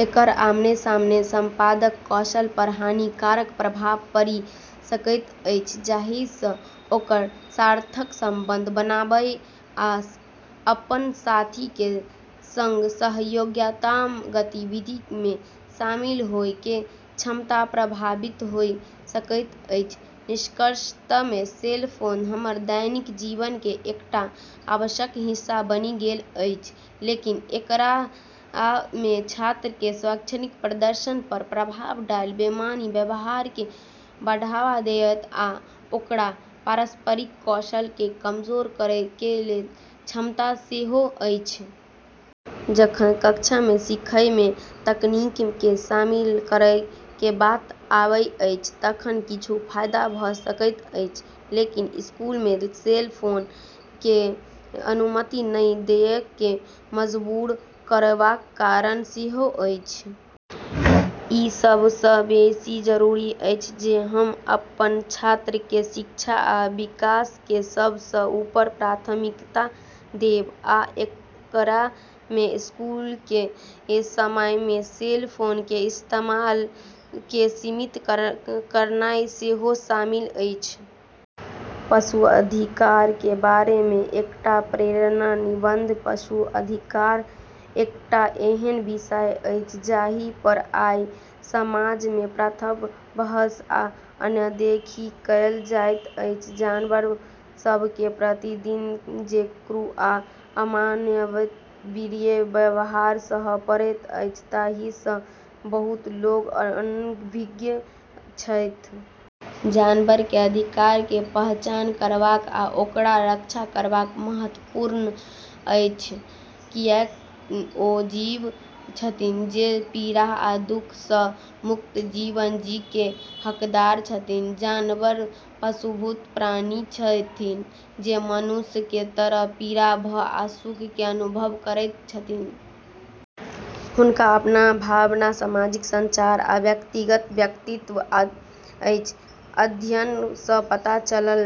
एकर आमने-सामने संवाद कौशल पर हानिकारक प्रभाव पड़ि सकैत अछि, जाहि सँ ओकर सार्थक संबंध बनाबय आ अपन साथी के संग सहयोगात्मक गतिविधि मे शामिल होय के क्षमता प्रभावित होय सकैत अछि। निष्कर्षतः, सेल फोन हमर दैनिक जीवन के एकटा आवश्यक हिस्सा बनि गेल अछि, लेकिन एकरा मे छात्र के शैक्षणिक प्रदर्शन पर प्रभाव डालय, बेईमान व्यवहार के बढ़ावा देबय, आ ओकर पारस्परिक कौशल के कमजोर करय के क्षमता सेहो अछि। जखन कक्षा मे सीखय मे तकनीक के शामिल करय के बात आबैत अछि तखन किछु फायदा भ सकैत अछि, लेकिन स्कूल मे सेल फोन के अनुमति नहि देबय के मजबूर करय वाला कारण सेहो अछि। ई सभ सँ बेसी जरूरी अछि जे हम अपन छात्र के शिक्षा आ विकास के सभ सँ ऊपर प्राथमिकता देब, आ एकरा मे स्कूल के समय मे सेल फोन के इस्तेमाल के सीमित करनाय सेहो शामिल अछि। पशु अधिकार के बारे मे एकटा प्रेरक निबंध: पशु अधिकार एकटा एहन विषय अछि जाहि पर आइ समाज मे प्रायः बहस आ अनदेखी कएल जाएत अछि। जानवर सभ के प्रतिदिन जे क्रूर आ अमानवीय व्यवहार सहय पड़ैत अछि ताहि सँ बहुत लोक अनभिज्ञ छथि। जानवर के अधिकार के पहचान करनाय आ ओकर रक्षा करनाय महत्वपूर्ण अछि, कियाकि ओ जीव छथि जे पीड़ा आ दुख सँ मुक्त जीवन जियय के हकदार छथि। जानवर भावुक प्राणी छथि जे मनुष्य के तरह पीड़ा, भय आ सुख के अनुभव करैत छथि। हुनका अपन भावना, सामाजिक संरचना, आ व्यक्तिगत व्यक्तित्व अछि। अध्ययन सँ पता चलल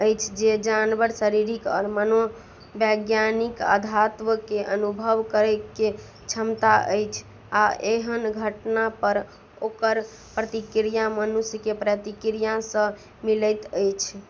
अछि जे जानवर शारीरिक आ मनोवैज्ञानिक आघात के अनुभव करय मे सक्षम छथि, आ एहन घटना पर ओकर प्रतिक्रिया मनुष्य के प्रतिक्रिया सँ मिलैत अछि।